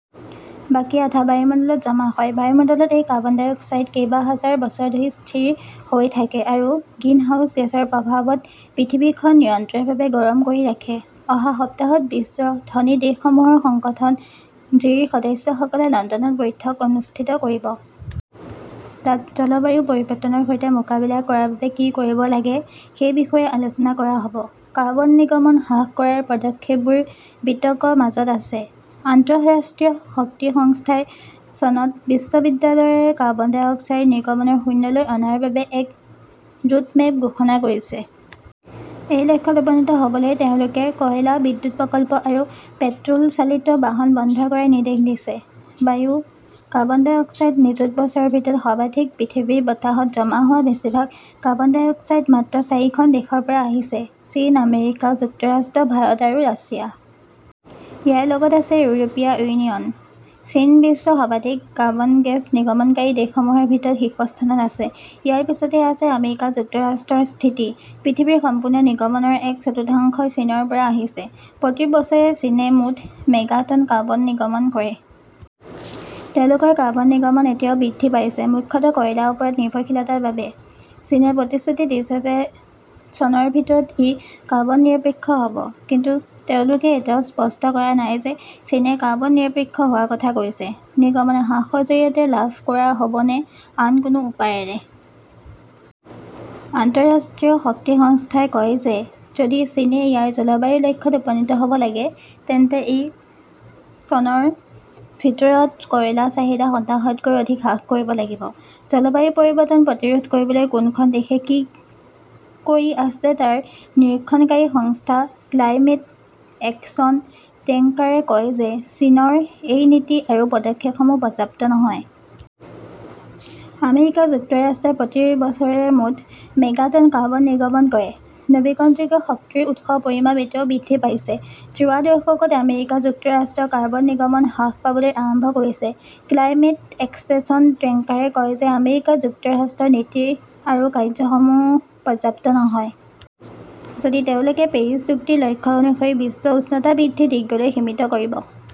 বাকী আধা বায়ুমণ্ডলত জমা হয়। বায়ুমণ্ডলত এই কাৰ্বন ডাই অক্সাইড কেইবাহাজাৰ বছৰ ধৰি স্থিৰ হৈ থাকে আৰু গ্ৰীণহাউছ গেছৰ প্ৰভাৱত পৃথিৱীখনক নিৰন্তৰভাৱে গৰম কৰি ৰাখে। অহা সপ্তাহত বিশ্বৰ ধনী দেশসমূহৰ সংগঠন জিৰ সদস্যসকলে লণ্ডনত বৈঠক অনুষ্ঠিত কৰিব। তাত জলবায়ু পৰিৱৰ্তনৰ সৈতে মোকাবিলা কৰাৰ বাবে কি কৰিব লাগে সেই বিষয়ে আলোচনা কৰা হ ʼব। কাৰ্বন নিৰ্গমন হ্ৰাস কৰাৰ পদক্ষেপবোৰ বিতৰ্কৰ মাজত আছে। আন্তঃৰাষ্ট্ৰীয় শক্তি সংস্থাই চনত বিশ্বব্যাপী কাৰ্বন ডাই অক্সাইড নিৰ্গমন শূন্যলৈ অনাৰ বাবে এক ৰোডমেপ ঘোষণা কৰিছে। এই লক্ষ্যত উপনীত হʼবলৈ তেওঁলোকে কয়লা বিদ্যুৎ প্ৰকল্প আৰু পেট্ৰʼ ল চালিত বাহন বন্ধ কৰাৰ নিৰ্দেশ দিছে। বায়ুৰ কাৰ্বন ডাই অক্সাইড নিযুত বছৰৰ ভিতৰত সৰ্বাধিক পৃথিৱীৰ বতাহত জমা হোৱা বেছিভাগ কাৰ্বন ডাই অক্সাইড মাত্ৰ চাৰিখন দেশৰ পৰা আহিছে-চীন, আমেৰিকা যুক্তৰাষ্ট্ৰ, ভাৰত আৰু ৰাছিয়া। ইয়াৰ লগত আছে ইউৰোপীয় ইউনিয়ন। চীন বিশ্বৰ সৰ্বাধিক কাৰ্বন গেছ নিৰ্গমনকাৰী দেশসমূহৰ ভিতৰত শীৰ্ষস্থানত আছে। ইয়াৰ পিছতে আছে আমেৰিকা যুক্তৰাষ্ট্ৰৰ স্থিতি। পৃথিৱীৰ সম্পূৰ্ণ নিৰ্গমনৰ এক চতুৰ্থাংশ চীনৰ পৰা আহিছে। প্ৰতি বছৰে চীনে মুঠ মেগা টন কাৰ্বন নিৰ্গমন কৰে। তেওঁলোকৰ কাৰ্বন নিৰ্গমন এতিয়াও বৃদ্ধি পাইছে, মুখ্যত কয়লাৰ ওপৰত নিৰ্ভৰশীলতাৰ বাবে। চীনে প্ৰতিশ্ৰুতি দিছে যে চনৰ ভিতৰত ই কাৰ্বন-নিৰপেক্ষ হ' ব। কিন্তু তেওঁলোকে এতিয়াও স্পষ্ট কৰা নাই যে চীনে কাৰ্বন নিৰপেক্ষ হোৱাৰ কথা কৈছে নিৰ্গমন হ্ৰাসৰ জৰিয়তে লাভ কৰা হ 'ব নে আন কোনো উপায়েৰে। আন্তঃৰাষ্ট্ৰীয় শক্তি সংস্থাই কয় যে যদি চীনে ইয়াৰ জলবায়ু লক্ষ্যত উপনীত হʼব লাগে, তেন্তে ই চনৰ ভিতৰত কয়লাৰ চাহিদা শতাংশতকৈ অধিক হ্ৰাস কৰিব লাগিব। জলবায়ু পৰিৱৰ্তন প্ৰতিৰোধ কৰিবলৈ কোনখন দেশে কি কৰি আছে তাৰ নিৰীক্ষণকাৰী সংস্থা ক্লাইমেট একশ্যন ট্ৰেকাৰে কয় যে চীনৰ এই নীতি আৰু পদক্ষেপসমূহ পৰ্যাপ্ত নহয়। আমেৰিকা যুক্তৰাষ্ট্ৰই প্ৰতি বছৰে মুঠ মেগা টন কাৰ্বন নিৰ্গমন কৰে। নৱীকৰণযোগ্য শক্তিৰ উৎসৰ পৰিমাণ এতিয়া বৃদ্ধি পাইছে। যোৱা দশকত আমেৰিকা যুক্তৰাষ্ট্ৰৰ কাৰ্বন নিৰ্গমন হ্ৰাস পাবলৈ আৰম্ভ কৰিছে। ক্লাইমেট একশ্যন ট্ৰেকাৰে কয় যে আমেৰিকা যুক্তৰাষ্ট্ৰৰ নীতি আৰু কাৰ্যসূচীসমূহ পৰ্যাপ্ত নহয়। যদি তেওঁলোকে পেৰিছ চুক্তিৰ লক্ষ্য অনুসৰি বিশ্বৰ উষ্ণতা বৃদ্ধি ডিগ্ৰীলৈ সীমিত কৰিব।